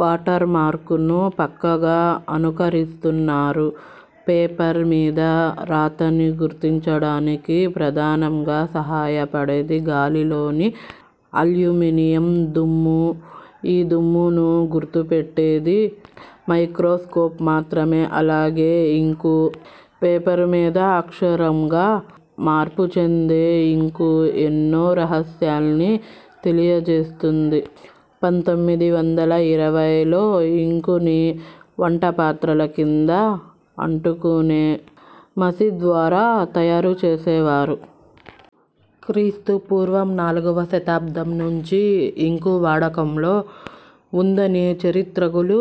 Water mark ను పక్కాగా అనుకరిస్తున్నారు. పేపర్ మీద రాతని గుర్తించడానికి ప్రధానంగా సహాయపడేది గాలిలోని అల్యూమినియం దుమ్ము. ఈ దుమ్మును గుర్తుపట్టేది మైక్రోస్కోప్ మాత్రమే అలాగే ఇంకు- పేపరు మీద అక్షరంగా మార్పుచెందే ఇంకు ఎన్నో రహస్యాల్ని తెలియజేస్తుంది. పంతోమిది వందలఇరవై లో ఇంకుని వంటపాత్రల కింద అంటుకునే మసిద్వారా తయారుచేసేవారు. క్రీస్తు పూర్వం నాలుగవ శతాబ్దం నుంచి ఇంకు వాడకంలో ఉందని చరిత్రకులు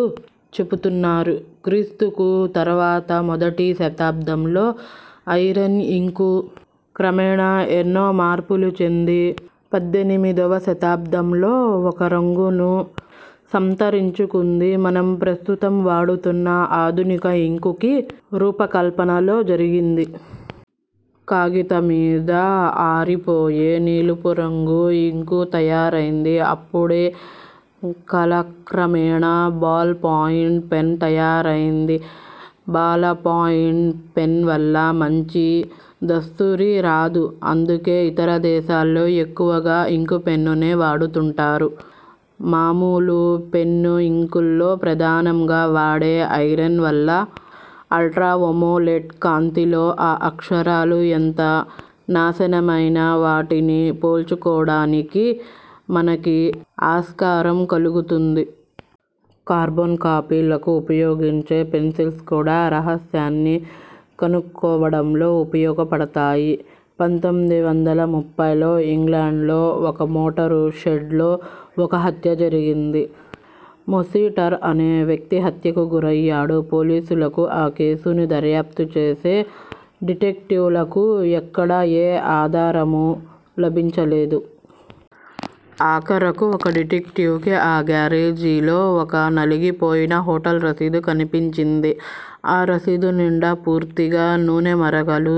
చెపుతున్నారు. క్రీస్తుకు తర్వాత మొదటి శతాబ్దంలో ఐరన్ ఇంకు క్రమేణా ఎన్నో మార్పులు చెంది పద్దెనిమిది వ శతాబ్దంలో ఒక రంగును సంతరించుకుంది. మనం ప్రస్తుతం వాడుతున్న ఆధునిక ఇంకుకి రూపకల్పన లో జరిగింది. కాగితమ్మీద ఆరిపోయే నీలపురంగు ఇంకు తయారైంది అప్పుడే కాలక్రమేణా బాల్ పాయింట్ పెన్ తయారైంది. బాల పాయింట్ పెన్ వల్ల మంచి దస్తూరి రాదు- అందుకే ఇతర దేశాల్లో ఎక్కువగా ఇంకు పెన్నునే వాడుతుంటారు. మామూలు పెన్ను ఇంకుల్లో ప్రధానంగా వాడే ఐరన్ వల్ల, అల్ట్రా వయోలెట్ కాంతిలో ఆ అక్షరాలు, ఎంత నాశనమైనా వాటిని పోల్చుకోడానికి మనకి ఆస్కారం కలుగుతుంది. కార్బన్ కాపీలకు ఉపయోగించే పెన్సిల్స్ కూడా రహస్యాల్ని కనుక్కోవడంలో ఉపయోగపడతాయి. పంతోమిది వందల ముప్పై లో ఇంగ్లాండ్ లో ఒక మోటారు షెడ్ లో ఒక హత్య జరిగింది. మెస్సిటర్ అనే వ్యక్తి హత్యకు గురయ్యాడు. పోలీసులకు ఆ కేసుని దర్యాప్తు చేసే డిటెక్టివ్ లకు ఎక్కడా ఏ ఆధారమూ లభించలేదు. ఆఖరకు, ఒక డిటెక్టివ్ కి ఆ గేరేజ్ లో ఒక నలిగిపోయిన హోటల్ రసీదు కన్పించింది. ఆ రసీదు నిండా పూర్తిగా నూనె మరకలు,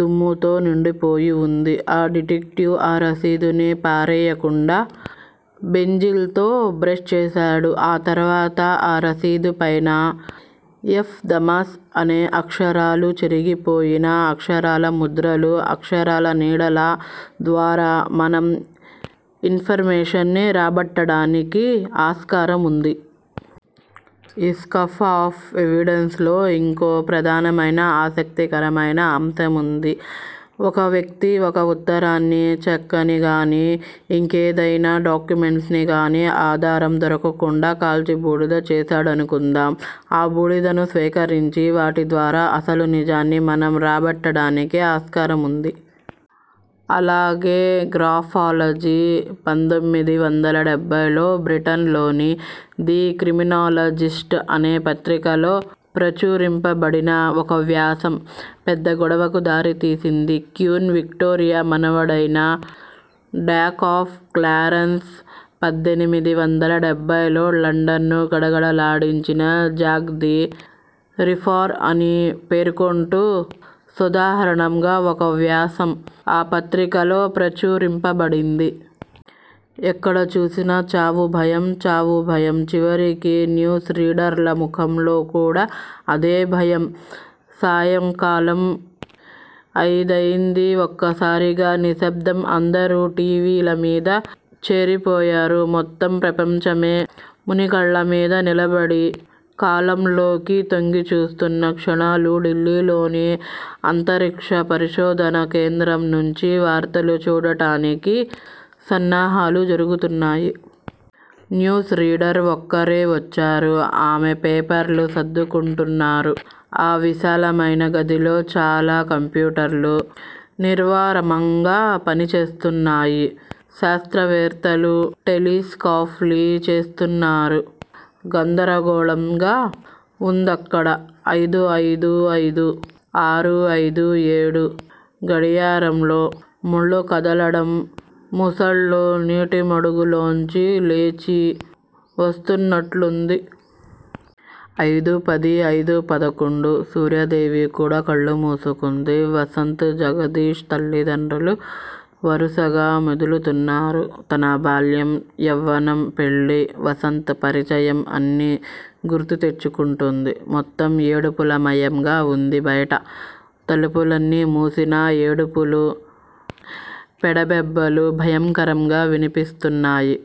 దుమ్ముతో నిండిపోయి ఉంది. ఆ డిటెక్టివ్ ఆ రసీదుని పారెయ్యకుండా, బెంజిన్ తో వాష్ చేసాడు. ఆ తర్వాత ఆ రసీదు పైన ఎఫ్ థామస్ అనే అక్షరాలు చెరిగిపోయినా, అక్షరాల ముద్రలు, అక్షరాల నీడలా ద్వారా మనం ఇన్ ఫర్ మేషన్ ని రాబట్టడానికి ఆస్కారం ఉంది. ఈ స్క్రాప్ ఆఫ్ ఎవిడెన్స్ లో ఇంకో ప్రధానమైన ఆసక్తికరమయిన అంశం ఉంది. ఒక వ్యక్తి ఒక ఉత్తరాన్ని, చెక్కని గానీ, ఇంకేదయినా డాక్యుమెంట్ ని గాని ఆధారం దొరక్కుండా కాల్చి బూడిద చేసాడనుకుందాం ఆ బూడిదను సేకరించి, వాటి ద్వారా అసలు నిజాన్ని మనం రాబట్టడానికి ఆస్కారముంది. అలాగే గ్రాఫాలజీ పంతోమిది వందల డెబ్భై లో బ్రిటన్ లోని ది క్రిమినాలజిస్ట్ అనే పత్రికలో ప్రచురింపబడిన ఒక వ్యాసం, పెద్ద గొడవకు దారితీసింది. క్వీన్ విక్టోరియా మనవడైన డ్యూక్ ఆఫ్ క్లారెన్స్, పద్దెనిమిది వందల ఎనబై లో లండన్ ను గడగడ లాడించిన జాక్ ది రిప్పర్ అని పేర్కొంటూ సోదాహరణంగా ఒక వ్యాసం ఆ పత్రికలో ప్రచురింపబడింది. ఎక్కడ చూసినా చావు భయం, చావు భయం చివరికి న్యూస్ రీడర్ల ముఖంలో కూడా అదే భయం. సాయంకాలం అయిదయింది. ఒక్కసారిగా నిశ్శబ్దం. అందరూ టీవీల మీద చేరిపోయారు. మొత్తం ప్రపంచమే మునికాళ్ళమీద నిలబడి కాలంలోకి తొంగిచూస్తున్న క్షణాలు. ఢిల్లీలోని అంతరిక్ష పరిశోధనా కేంద్రం నుంచి వార్తలు చదవడానికి సన్నాహాలు జరుగుతున్నాయి. న్యూస్ రీడర్ ఒక్కరే వచ్చారు. ఆమె పేపర్లు సర్దుకుంటున్నారు. ఆ విశాలమైన గదిలో చాలా కంప్యూటర్లు నిర్విరామంగా పనిచేస్తున్నాయి. శాస్త్రవేత్తలు టెలిస్కోప్ లి చూస్తున్నారు. గందరగోళంగా వుందక్కడ. అయిదూ అయిదు అయిదూ ఆరు అయిదూ ఏడు గడియారంలో ముళ్ళు కదలడం మొసళ్ళు నీటిమడుగులోంచి లేచి వస్తున్నట్లుంది. అయిదూ పది అయిదూ పదకొండు సూర్యాదేవి కూడా కళ్ళు మూసుకుంది. వసంత్, జగదీష్, తల్లిదండ్రులూ వరుసగా మెదులుతున్నారు. తన బాల్యం, యవ్వనం, పెళ్ళి, వసంత్ పరిచయం అన్నీ గుర్తు తెచ్చుకుంటోంది. మొత్తం ఏడుపుల మయంగా వుంది బయట. తలుపులన్నీ మూసినా ఏడుపులు- పెడబొబ్బలు భయానకంగా వినిపిస్తున్నాయి.